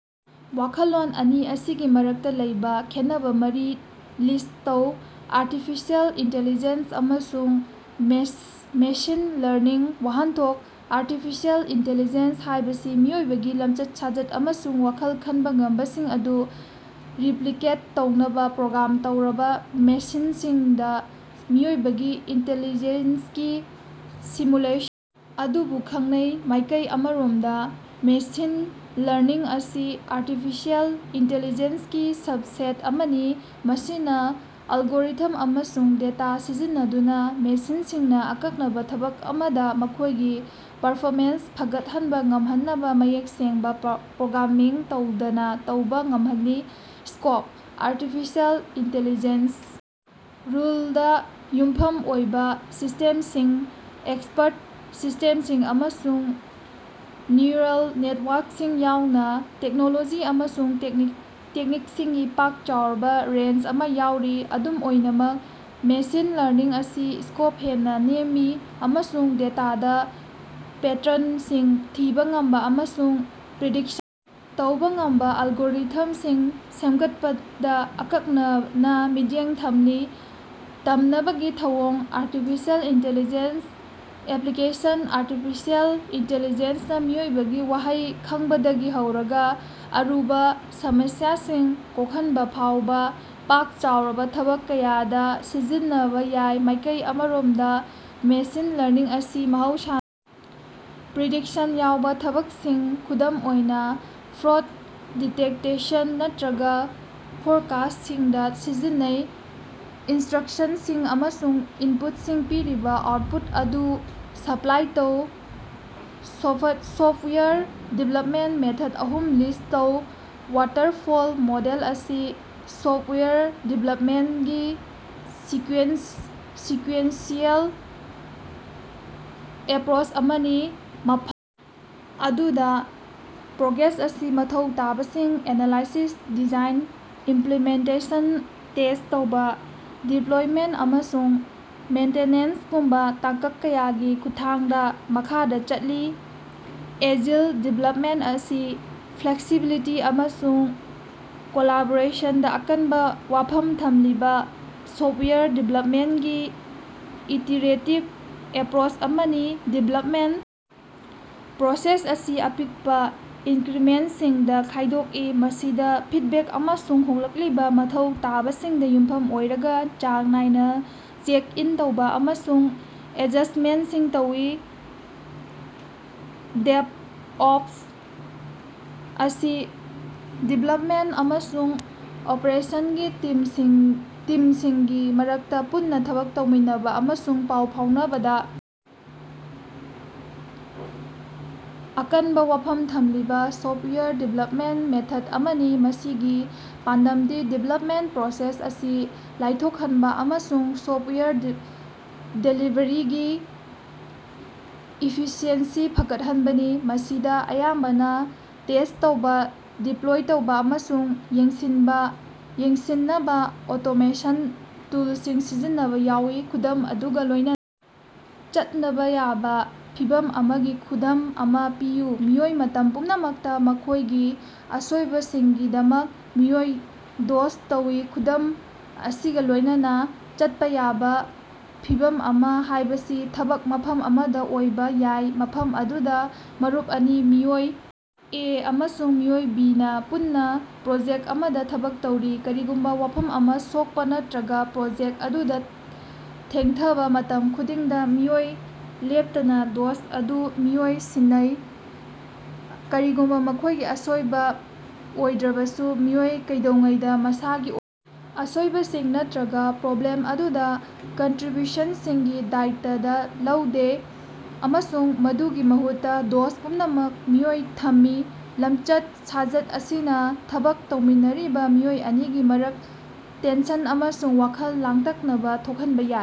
ꯋꯥꯈꯜꯂꯣꯟ ꯑꯅꯤ ꯑꯁꯤꯒꯤ ꯃꯔꯛꯇ ꯂꯩꯕꯥ ꯈꯦꯠꯅꯕ ꯃꯔꯤ ꯂꯤꯁ꯭ꯠ ꯇꯧ꯫ ꯑꯥꯔꯇꯤꯐꯤꯁꯤꯑꯦꯜ ꯏꯟꯇꯦꯂꯤꯖꯦꯟꯁ ꯑꯃꯁꯨꯡ ꯃꯦꯁꯤꯟ ꯂꯔꯅꯤꯡ꯫ ꯋꯥꯍꯟꯊꯣꯛ: ꯑꯥꯔꯇꯤꯐꯤꯁꯤꯑꯦꯜ ꯏꯟꯇꯦꯂꯤꯖꯦꯟꯁ ꯍꯥꯏꯕꯁꯤ ꯃꯤꯑꯣꯏꯕꯒꯤ ꯂꯝꯆꯠ-ꯁꯥꯖꯠ ꯑꯃꯁꯨꯡ ꯋꯥꯈꯜ ꯈꯟꯕ ꯉꯝꯕꯁꯤꯡ ꯑꯗꯨ ꯔꯤꯄꯂꯤꯀꯦꯠ ꯇꯧꯅꯕ ꯄ꯭ꯔꯣꯒ꯭ꯔꯥꯝ ꯇꯧꯔꯕ ꯃꯦꯁꯤꯟꯁꯤꯡꯗ ꯃꯤꯑꯣꯏꯕꯒꯤ ꯏꯟꯇꯦꯂꯤꯖꯦꯟꯁꯀꯤ ꯁꯤꯃꯨꯂꯦ ꯑꯗꯨꯕꯨ ꯈꯪꯅꯩ꯫ ꯃꯥꯏꯀꯩ ꯑꯃꯔꯣꯝꯗ, ꯃꯦꯁꯤꯟ ꯂꯔꯅꯤꯡ ꯑꯁꯤ ꯑꯥꯔꯇꯤꯐꯤꯁꯤꯑꯦꯜ ꯏꯟꯇꯦꯂꯤꯖꯦꯟꯁꯒꯤ ꯁꯕꯁ‌ꯦꯠ ꯑꯃꯅꯤ, ꯃꯁꯤꯅ ꯑꯦꯜꯒꯣꯔꯤꯊꯝ ꯑꯃꯁꯨꯡ ꯗꯦꯇꯥ ꯁꯤꯖꯤꯟꯅꯗꯨꯅ ꯃꯦꯁꯤꯟꯁꯤꯡꯅ ꯑꯀꯛꯅꯕ ꯊꯕꯛ ꯑꯃꯗ ꯃꯈꯣꯏꯒꯤ ꯄꯔꯐꯣꯃꯦꯟꯁ ꯐꯒꯠꯍꯟꯕ ꯉꯝꯍꯟꯅꯕ ꯃꯌꯦꯛ ꯁꯦꯡꯕ ꯄ꯭ꯔꯣꯒ꯭ꯔꯥꯃꯤꯡ ꯇꯧꯗꯅ ꯇꯧꯕ ꯉꯝꯍꯜꯂꯤ꯫ ꯁ꯭ꯀꯣꯞ: ꯑꯥꯔꯇꯤꯐꯤꯁꯤꯑꯦꯜ ꯏꯟꯇꯦꯂꯤꯖꯦꯟꯁ ꯔꯨꯜꯗ ꯌꯨꯝꯐꯝ ꯑꯣꯏꯕ ꯁꯤꯁ꯭ꯇꯦꯝꯁꯤꯡ, ꯑꯦꯛꯁꯄꯔꯠ ꯁꯤꯁ꯭ꯇꯦꯝꯁꯤꯡ, ꯑꯃꯁꯨꯡ ꯅ꯭ꯌꯨꯔꯜ ꯅꯦꯇꯋꯥꯔꯛꯁꯤꯡ ꯌꯥꯎꯅ ꯇꯦꯛꯅꯣꯂꯣꯖꯤ ꯑꯃꯁꯨꯡ ꯇꯦꯛꯅꯤꯛꯁꯤꯡꯒꯤ ꯄꯥꯛ ꯆꯥꯎꯔꯕ ꯔꯦꯟꯖ ꯑꯃ ꯌꯥꯎꯔꯤ꯫ ꯑꯗꯨꯝ ꯑꯣꯏꯅꯃꯛ, ꯃꯦꯁꯤꯟ ꯂꯔꯅꯤꯡ ꯑꯁꯤ ꯁ꯭ꯀꯣꯞꯇ ꯍꯦꯟꯅ ꯅꯦꯝꯃꯤ ꯑꯃꯁꯨꯡ ꯗꯦꯇꯥꯗ ꯄꯦꯇꯔꯟꯁꯤꯡ ꯊꯤꯕ ꯉꯝꯕ ꯑꯃꯁꯨꯡ ꯄ꯭ꯔꯤꯗꯤꯛꯁꯟ ꯇꯧꯕ ꯉꯝꯕ ꯑꯦꯜꯒꯣꯔꯤꯊꯝꯁꯤꯡ ꯁꯦꯝꯒꯠꯄꯗ ꯑꯀꯛꯅꯅ ꯃꯤꯠꯌꯦꯡ ꯊꯝꯂꯤ꯫ ꯇꯝꯅꯕꯒꯤ ꯊꯧꯑꯣꯡ: ꯑꯥꯔꯇꯤꯐꯤꯁꯤꯑꯦꯜ ꯏꯟꯇꯦꯂꯤꯖꯦꯟꯁ ꯑꯦꯄ꯭ꯂꯤꯀꯦꯁꯟ: ꯑꯥꯔꯇꯤꯐꯤꯁꯤꯑꯦꯜ ꯏꯟꯇꯦꯂꯤꯖꯦꯟꯁꯅꯥ ꯃꯤꯑꯣꯏꯕꯒꯤ ꯋꯥꯍꯩ ꯈꯪꯕꯗꯒꯤ ꯍꯧꯔꯒ ꯑꯔꯨꯕ ꯁꯃꯁ꯭ꯌꯥꯁꯤꯡ ꯀꯣꯛꯍꯟꯕꯐꯥꯎꯕ ꯄꯥꯛ ꯆꯥꯎꯔꯕ ꯊꯕꯛ ꯀꯌꯥꯗ ꯁꯤꯖꯤꯟꯅꯕ ꯌꯥꯏ꯫ ꯃꯥꯏꯀꯩ ꯑꯃꯔꯣꯝꯗ, ꯃꯦꯁꯤꯟ ꯂꯔꯅꯤꯡ ꯑꯁꯤ ꯃꯍꯧꯁꯥ ꯄ꯭ꯔꯤꯗꯤꯛꯁꯟ ꯌꯥꯎꯕ ꯊꯕꯛꯁꯤꯡ, ꯈꯨꯗꯝ ꯑꯣꯏꯅ ꯐ꯭ꯔꯣꯗ ꯗꯤꯇꯦꯛꯇꯦꯁꯟ ꯅꯠꯇꯔꯒ ꯐꯣꯔꯀꯥꯁ꯭ꯇꯤꯡꯗ ꯁꯤꯖꯤꯟꯅꯩ꯫ ꯏꯟꯁ꯭ꯇꯔꯛꯁꯟꯁꯤꯡ ꯑꯃꯁꯨꯡ ꯏꯟꯄꯨꯠꯁꯤꯡ ꯄꯤꯔꯕ ꯑꯥꯎꯠꯄꯨꯠ ꯑꯗꯨ ꯁꯄꯂꯥꯏ ꯇꯧ꯫ ꯁꯣꯐꯠꯋꯥꯌꯔ ꯗꯤꯚꯦꯂꯞꯃꯦꯟ ꯃꯦꯊꯠ ꯑꯍꯨꯝ ꯂꯤꯁ꯭ꯠ ꯇꯧ꯫ ꯋꯥꯇꯔꯐꯣꯜ ꯃꯣꯗꯦꯜ: ꯃꯁꯤ ꯁꯣꯐꯋꯦꯌꯔ ꯗꯤꯕꯦꯂꯞꯃꯦꯟꯠꯀꯤ ꯁꯤꯀꯨꯑꯦꯟꯁꯤꯑꯦꯜ ꯑꯦꯄꯔꯣꯆ ꯑꯃꯅꯤ, ꯃꯐꯝ ꯑꯗꯨꯗ ꯄ꯭ꯔꯣꯒ꯭ꯔꯦꯁ ꯑꯁꯤ ꯃꯊꯧ ꯇꯥꯕꯁꯤꯡ ꯑꯦꯅꯥꯂꯥꯏꯁꯤꯁ, ꯗꯤꯖꯥꯏꯟ, ꯏꯝꯄꯂꯤꯃꯦꯟꯇꯦꯁꯟ, ꯇꯦꯁ꯭ꯠ ꯇꯧꯕ, ꯗꯤꯄꯂꯣꯏꯃꯦꯟꯠ, ꯑꯃꯁꯨꯡ ꯃꯦꯟꯇꯦꯅꯦꯟꯁꯒꯨꯝꯕ ꯇꯥꯡꯀꯛ ꯀꯌꯥꯒꯤ ꯈꯨꯠꯊꯥꯡꯗ ꯃꯈꯥꯗ ꯆꯠꯂꯤ꯫ ꯑꯦꯖꯤꯜ ꯗꯤꯕꯦꯂꯞꯃꯦꯟꯠ: ꯃꯁꯤ ꯐ꯭ꯂꯦꯛꯁꯤꯕꯤꯂꯤꯇꯤ ꯑꯃꯁꯨꯡ ꯀꯣꯂꯥꯕꯣꯔꯦꯁꯟꯗ ꯑꯀꯟꯕ ꯋꯥꯐꯝ ꯊꯝꯂꯤꯕ ꯁꯣꯐꯋꯦꯌꯔ ꯗꯤꯕꯦꯂꯞꯃꯦꯟꯠꯀꯤ ꯏꯇꯤꯔꯦꯇꯤꯕ ꯑꯦꯄꯔꯣꯆ ꯑꯃꯅꯤ꯫ ꯗꯤꯕꯦꯂꯞꯃꯦꯟꯠ ꯄ꯭ꯔꯣꯁꯦꯁ ꯑꯁꯤ ꯑꯄꯤꯛꯄ ꯏꯟꯀꯔꯤꯃꯦꯟꯁꯤꯡꯗ ꯈꯥꯏꯗꯣꯛꯏ, ꯃꯁꯤꯗ ꯐꯤꯗꯕꯦꯛ ꯑꯃꯁꯨꯡ ꯍꯣꯡꯂꯛꯂꯤꯕ ꯃꯊꯧ ꯇꯥꯕꯁꯤꯡꯗ ꯌꯨꯝꯐꯝ ꯑꯣꯏꯔꯒ ꯆꯥꯡ ꯅꯥꯏꯅ ꯆꯦꯛ-ꯏꯟ ꯇꯧꯕ ꯑꯃꯁꯨꯡ ꯑꯦꯗꯖꯁ꯭ꯇꯃꯦꯟꯇꯁꯤꯡ ꯇꯧꯏ꯫ ꯗꯦꯕꯑꯣꯞꯁ: ꯃꯁꯤ ꯗꯤꯕꯦꯂꯞꯃꯦꯟꯠ ꯑꯃꯁꯨꯡ ꯑꯣꯄꯔꯦꯁꯟꯒꯤ ꯇꯤꯝꯁꯤꯡꯒꯤ ꯃꯔꯛꯇ ꯄꯨꯟꯅ ꯊꯕꯛ ꯇꯧꯃꯤꯟꯅꯕ ꯑꯃꯁꯨꯡ ꯄꯥꯎ ꯐꯥꯎꯅꯕꯗ ꯑꯀꯟꯕ ꯋꯥꯐꯝ ꯊꯝꯂꯤꯕ ꯁꯣꯐꯋꯦꯌꯔ ꯗꯤꯕꯦꯂꯞꯃꯦꯟꯠ ꯃꯦꯊꯗ ꯑꯃꯅꯤ, ꯃꯁꯤꯒꯤ ꯄꯥꯟꯗꯝꯗꯤ ꯗꯤꯕꯦꯂꯞꯃꯦꯟꯇ ꯄ꯭ꯔꯣꯁꯦꯁ ꯑꯁꯤ ꯂꯥꯏꯊꯣꯛꯍꯟꯕ ꯑꯃꯁꯨꯡ ꯁꯣꯐꯋꯦꯌꯔ ꯗꯦꯂꯤꯕꯔꯤꯒꯤ ꯏꯐꯤꯁꯤꯑꯦꯟꯁꯤ ꯐꯒꯠꯍꯟꯕꯅꯤ꯫ ꯃꯁꯤꯗ ꯑꯌꯥꯝꯕꯅ ꯇꯦꯁ꯭ꯠ ꯇꯧꯕ, ꯗꯤꯄꯂꯣꯏ ꯇꯧꯕ ꯑꯃꯁꯨꯡ ꯌꯦꯡꯁꯤꯟꯅꯕ ꯑꯣꯇꯣꯃꯦꯁꯟ ꯇꯨꯜꯁꯤꯡ ꯁꯤꯖꯤꯟꯅꯕ ꯌꯥꯎꯏ꯫ ꯈꯨꯗꯝ ꯑꯗꯨꯒ ꯂꯣꯏꯅ ꯆꯠꯅꯕ ꯌꯥꯕ ꯐꯤꯚꯝ ꯑꯃꯒꯤ ꯈꯨꯗꯝ ꯑꯃ ꯄꯤꯌꯨ꯫ ꯃꯤꯑꯣꯏ ꯃꯇꯝ ꯄꯨꯝꯅꯃꯛꯇ ꯃꯈꯣꯏꯒꯤ ꯑꯁꯣꯏꯕꯁꯤꯡꯒꯤꯗꯃꯛ ꯃꯤꯑꯣꯏ ꯗꯣꯁ ꯇꯧꯏ꯫ ꯈꯨꯗꯝ ꯑꯁꯤꯒ ꯂꯣꯏꯅꯅ ꯆꯠꯄ ꯌꯥꯕ ꯐꯤꯚꯝ ꯑꯃꯥ ꯍꯥꯏꯕꯁꯤ ꯊꯕꯛ ꯃꯐꯝ ꯑꯃꯗ ꯑꯣꯏꯕ ꯌꯥꯏ, ꯃꯐꯝ ꯑꯗꯨꯗ ꯃꯔꯨꯞ ꯑꯅꯤ, ꯃꯤꯑꯣꯏ ꯑꯦ ꯑꯃꯁꯨꯡ ꯃꯤꯑꯣꯏ ꯕꯤꯅ ꯄꯨꯟꯅ ꯄ꯭ꯔꯣꯖꯦꯛ ꯑꯃꯗ ꯊꯕꯛ ꯇꯧꯔꯤ꯫ ꯀꯔꯤꯒꯨꯝꯕ ꯋꯥꯐꯝ ꯑꯃꯥ ꯁꯣꯛꯄ ꯅꯠꯇꯔꯒ ꯄ꯭ꯔꯣꯖꯦꯛꯇ ꯑꯗꯨꯗ ꯊꯦꯡꯊꯕ ꯃꯇꯝ ꯈꯨꯗꯤꯡꯗ, ꯃꯤꯑꯣꯏ ꯂꯦꯞꯇꯅ ꯗꯣꯁ ꯑꯗꯨ ꯃꯤꯑꯣꯏ ꯁꯤꯟꯅꯩ, ꯀꯔꯤꯒꯨꯝꯕ ꯃꯈꯣꯏꯒꯤ ꯑꯁꯣꯏꯕ ꯑꯣꯏꯗ꯭ꯔꯕꯁꯨ꯫ ꯃꯤꯑꯣꯏ ꯀꯩꯗꯧꯉꯩꯗꯥ ꯃꯁꯥꯒꯤ ꯑꯣꯏ ꯑꯁꯣꯏꯕꯁꯤꯡ ꯅꯠꯇꯔꯒ ꯄ꯭ꯔꯣꯕ꯭ꯂꯦꯝ ꯑꯗꯨꯗ ꯀꯟꯇꯔꯤꯕ꯭ꯌꯨꯁꯟꯁꯤꯡꯒꯤ ꯗꯥꯏꯇꯕ ꯂꯧꯗꯦ, ꯑꯃꯁꯨꯡ ꯃꯗꯨꯒꯤ ꯃꯍꯨꯠꯇ ꯗꯣꯁ ꯄꯨꯝꯅꯃꯛ ꯃꯤꯑꯣꯏ ꯊꯝꯃꯤ, ꯂꯃꯆꯠ-ꯁꯥꯖꯠ ꯑꯁꯤꯅ ꯊꯕꯛ ꯇꯧꯃꯤꯟꯅꯔꯤꯕ ꯃꯤꯑꯣꯏ ꯑꯅꯤꯒꯤ ꯃꯔꯛ ꯇꯦꯟꯁꯟ ꯑꯃꯁꯨꯡ ꯋꯥꯈꯜ ꯂꯥꯡꯇꯛꯅꯕ ꯊꯣꯛꯍꯟꯕ ꯌꯥꯏ꯫